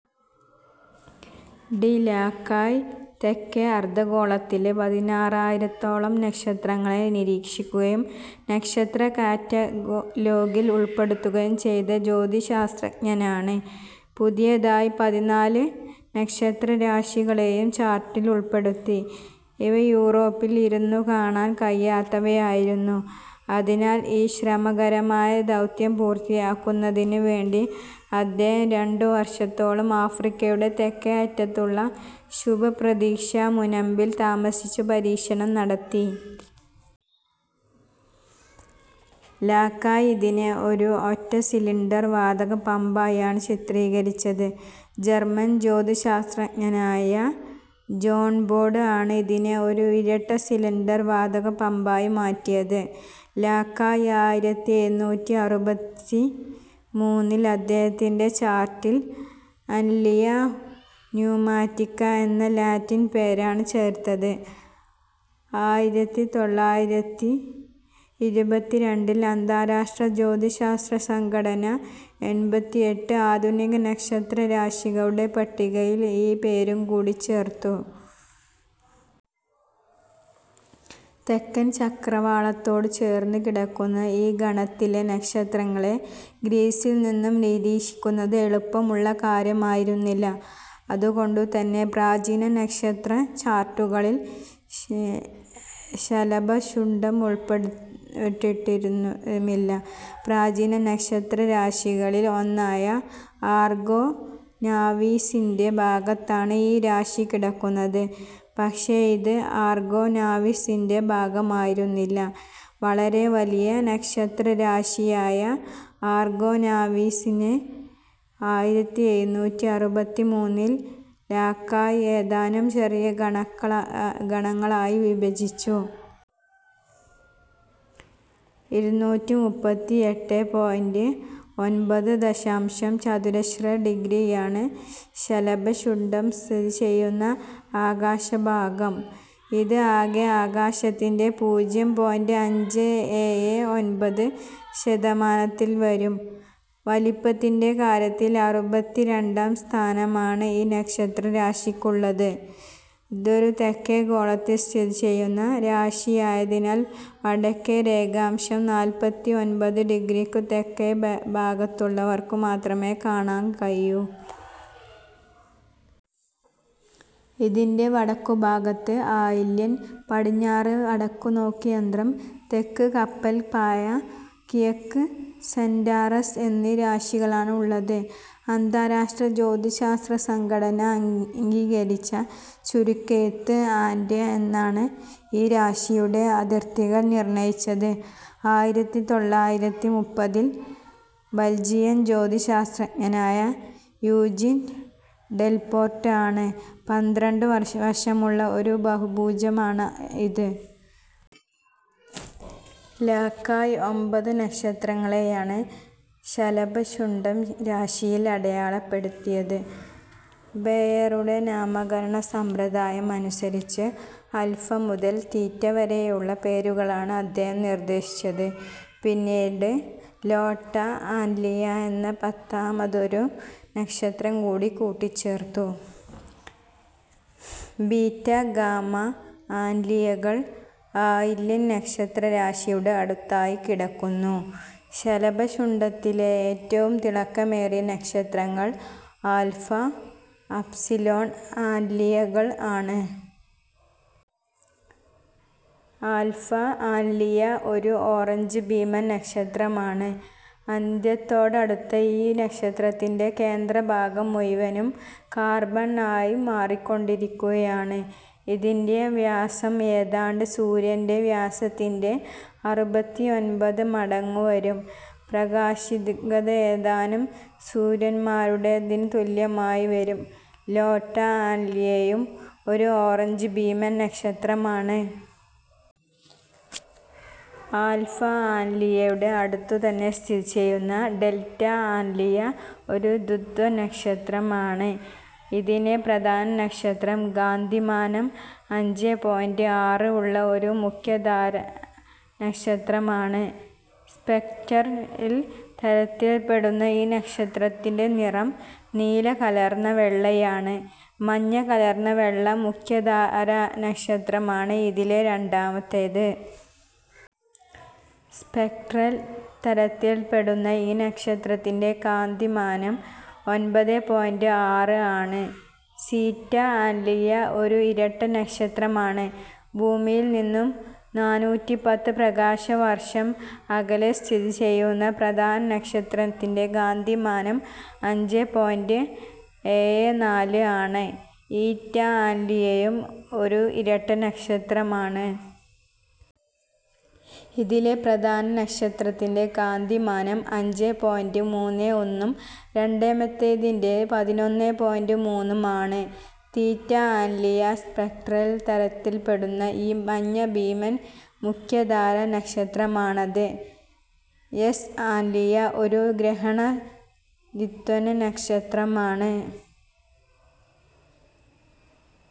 D Lacaille തെക്കെ അർദ്ധഗോളത്തിലെ പതിനായിരത്തോളം നക്ഷത്രങ്ങളെ നിരീക്ഷിക്കുകയും നക്ഷത്ര കാറ്റലോഗിൽ ഉൾപ്പെടുത്തുകയും ചെയ്ത ജ്യോതിഃശാസ്ത്രജ്ഞനാണ്. പുതിയതായി പതിനാല് നക്ഷത്രരാശികളെയും ചാർട്ടിൽ ഉൾപ്പെടുത്തി. ഇവ യൂറോപ്പിൽ ഇരുന്നു കാണാൻ കഴിയാത്തവയായിരുന്നു. അതിനാൽ ഈ ശ്രമകരമായ ദൗത്യം പൂർത്തിയാക്കുന്നതിനു വേണ്ടി അദ്ദേഹം രണ്ടു വർഷത്തോളം ആഫ്രിക്കയുടെ തെക്കെ അറ്റത്തുള്ള ശുഭപ്രതീക്ഷാ മുനമ്പിൽ താമസിച്ചു നിരീക്ഷണം നടത്തി. ലാകായ് ഇതിനെ ഒരു ഒറ്റ സിലിണ്ടർ വാതക പമ്പായാണ് ചിത്രീകരിച്ചത്. ജർമ്മൻ ജ്യോതിഃശാസ്ത്രജ്ഞനായ ജോൺ ബോഡ് ആണ് ഇതിനെ ഒരു ഇരട്ട സിലിണ്ടർ വാതക പമ്പായി മാറ്റിയത്. ലാകായ് ആയിരത്തിഎഴുനൂറ്റിഅറുപത്തിമൂന്നിൽ അദ്ദേഹത്തിന്റെ ചാർട്ടിൽ അന്റ്ലിയ ന്യുമാറ്റിക്ക എന്ന ലാറ്റിൻ പേരാണ് ചേർത്തത്. ആയിരത്തിതൊള്ളായിരത്തിഇരുപത്തിരണ്ടിൽ അന്താരാഷ്ട്ര ജ്യോതിശാസ്ത്ര സംഘടന എൺപത്തിയെട്ട് ആധുനിക നക്ഷത്രരാശികളുടെ പട്ടികയിൽ ഈ പേരു കൂടി ചേർത്തു. തെക്കൻ ചക്രവാളത്തോട് ചേർന്നു കിടക്കുന്ന ഈ ഗണത്തിലെ നക്ഷത്രങ്ങളെ ഗ്രീസിൽ നിന്നും നിരീക്ഷിക്കുന്നത് എളുപ്പമുള്ള കാര്യമായിരുന്നില്ല. അതുകൊണ്ടുതന്നെ പ്രാചീന നക്ഷത്രചാർട്ടുകളിൽ ശലഭശുണ്ഡം ഉൾപ്പെട്ടിരുന്നുമില്ല. പ്രാചീന നക്ഷത്രരാശികളിൽ ഒന്നായ ആർഗോ നാവീസിന്റെ ഭാഗത്താണ് ഈ രാശി കിടക്കുന്നത്. പക്ഷെ ഇത് ആർഗോ നാവീസിന്റെ ഭാഗമായിരുന്നില്ല. വളരെ വലിയ നക്ഷത്രരാശിയായ ആർഗോ നാവീസിനെ ആയിരത്തിഎഴുനൂറ്റിഅറുപത്തിമൂന്നിൽ ലാകായ് ഏതാനും ചെറിയ ഗണങ്ങളായി വിഭജിച്ചു. ഇരുനൂറ്റിമുപ്പത്തിയെട്ടെ പോയിന്റ് ഒൻപത് ദശാംശം ചതുരശ്ര ഡിഗ്രിയാണ് ശലഭശുണ്ഡം സ്ഥിതി ചെയ്യുന്ന ആകാശഭാഗം. ഇത് ആകെ ആകാശത്തിന്റെ പൂജ്യം പോയിന്റ് അഞ്ചേ ഏഴേ ഒൻപത് ശതമാനത്തിൽ വരും. വലിപ്പത്തിന്റെ കാര്യത്തിൽ അറുപത്തിരണ്ടാം സ്ഥാനമാണ് ഈ നക്ഷത്രരാശിക്കുള്ളത്. ഇതൊരു തെക്കെ ഗോളത്തിൽ സ്ഥിതി ചെയ്യുന്ന രാശിയായതിനാൽ വടക്കെ രേഖാംശം നാല്പത്തിഒൻപത് ഡിഗ്രിക്കു തെക്കുഭാഗത്തുള്ളവർക്കു മാത്രമേ കാണാൻ കഴിയൂ. ഇതിന്റെ വടക്കുഭാഗത്ത് ആയില്യൻ, പടിഞ്ഞാറ് വടക്കുനോക്കിയന്ത്രം, തെക്ക് കപ്പൽപ്പായ, കിഴക്ക് സെന്റാറസ് എന്നീ രാശികളാണ് ഉള്ളത്. അന്താരാഷ്ട്ര ജ്യോതിശാസ്ത്ര സംഘടന അംഗീകരിച്ച ചുരുക്കെഴുത്ത് ആന്റ് എന്നാണ്. ഈ രാശിയുടെ അതിർത്തികൾ നിർണ്ണയിച്ചത് ആയിരത്തിതൊള്ളായിരത്തിമുപ്പതിൽ ബൽജിയൻ ജ്യോതിഃശാസ്ത്രജ്ഞനായ യൂജിൻ ഡെൽപോർട്ട് ആണ്. പന്ത്രണ്ട് വശങ്ങളുള്ള ഒരു ബഹുഭുജമാണ് ഇത്. ലകായ് ഒമ്പതു നക്ഷത്രങ്ങളെയാണ് ശലഭശുണ്ഡം രാശിയിൽ അടയാളപ്പെടുത്തിയത്. ബെയറുടെ നാമകരണ സമ്പ്രദായം അനുസരിച്ച് ആൽഫ മുതൽ തീറ്റ വരെയുള്ള പേരുകളാണ് അദ്ദേഹം നിർദ്ദേശിച്ചത്. പിന്നീട് ലോട്ട ആന്റ്ലിയ എന്ന പത്താമതൊരു നക്ഷത്രം കൂടി കൂട്ടിച്ചേർത്തു. ബീറ്റ, ഗാമ ആന്റ്ലിയകൾ ആയില്യൻ നക്ഷത്രരാശിയുടെ അടുത്തായി കിടക്കുന്നു. ശലഭശുണ്ഡത്തിലെ ഏറ്റവും തിളക്കമേറിയ നക്ഷത്രങ്ങൾ ആൽഫ, എപ്സിലോൺ ആന്റ്ലിയകൾ ആണ്. ആൽഫ ആന്റ്ലിയ ഒരു ഓറഞ്ച് ഭീമൻ നക്ഷത്രമാണ്. അന്ത്യത്തോടടുത്ത ഈ നക്ഷത്രത്തിന്റെ കേന്ദ്രഭാഗം മുഴുവനും കാർബൺ ആയി മാറിക്കൊണ്ടിരിക്കുകയാണ്. ഇതിന്റെ വ്യാസം ഏതാണ്ട് സൂര്യന്റെ വ്യാസത്തിന്റെ അറുപത്തിഒൻപത് മടങ്ങു വരും. പ്രാകാശികത ഏതാണ്ട് സൂര്യന്മാരുടേതിനു തുല്യമായി വരും. ലോട്ട ആന്റ്ലിയയും ഒരു ഓറഞ്ച് ഭീമൻ നക്ഷത്രമാണ്. ആൽഫ ആന്റ്ലിയയുടെ അടുത്തു തന്നെ സ്ഥിതി ചെയ്യുന്ന ഡെൽറ്റ ആന്റ്ലിയ ഒരു ദ്വന്ദ്വനക്ഷത്രം ആണ്. ഇതിലെ പ്രധാന നക്ഷത്രം കാന്തിമാനം അഞ്ചേ പോയിന്റ് ആറ് ഉള്ള ഒരു മുഖ്യധാരാനക്ഷത്രമാണ്. സ്പെക്ട്രൽ തരത്തിൽ പെടുന്ന ഈ നക്ഷത്രത്തിന്റെ നിറം നീല കലർന്ന വെള്ളയാണ്. മഞ്ഞ കലർന്ന വെള്ള മുഖ്യധാരാനക്ഷത്രമാണ് ഇതിലെ രണ്ടാമത്തേത്. സ്പെക്ട്രൽ തരത്തിൽ പെടുന്ന ഈ നക്ഷത്രത്തിന്റെ കാന്തിമാനം ഒൻപതേ പോയിന്റ് ആറ് ആണ്. സീറ്റ ആന്റ്ലിയ ഒരു ഇരട്ട നക്ഷത്രമാണ്. ഭൂമിയിൽ നിന്നും നാണൂറ്റിപത്ത് പ്രകാശവർഷം അകലെ സ്ഥിതി ചെയ്യുന്ന പ്രധാന നക്ഷത്രത്തിന്റെ കാന്തിമാനം അഞ്ചേ പോയിന്റ് ഏഴേ നാല് ആണ്. ഈറ്റ ആന്റ്ലിയയും ഒരു ഇരട്ട നക്ഷത്രമാണ്. ഇതിലെ പ്രധാന നക്ഷത്രത്തിന്റെ കാന്തിമാനം അഞ്ചേ പോയിന്റ് മുന്നേ ഒന്നും രണ്ടാമത്തേതിന്റേത് പതിനൊന്നേ പോയിന്റ് മൂന്നും ആണ്. തീറ്റ ആന്റ്ലിയ സ്പെക്ട്രൽ തരത്തിൽ പെടുന്ന ഒരു മഞ്ഞഭീമൻ മുഖ്യധാരാനക്ഷത്രമാണ്. എസ് ആന്റ്ലിയ ഒരു ഗ്രഹണ ദ്വന്ദ്വനക്ഷത്രം ആണ്.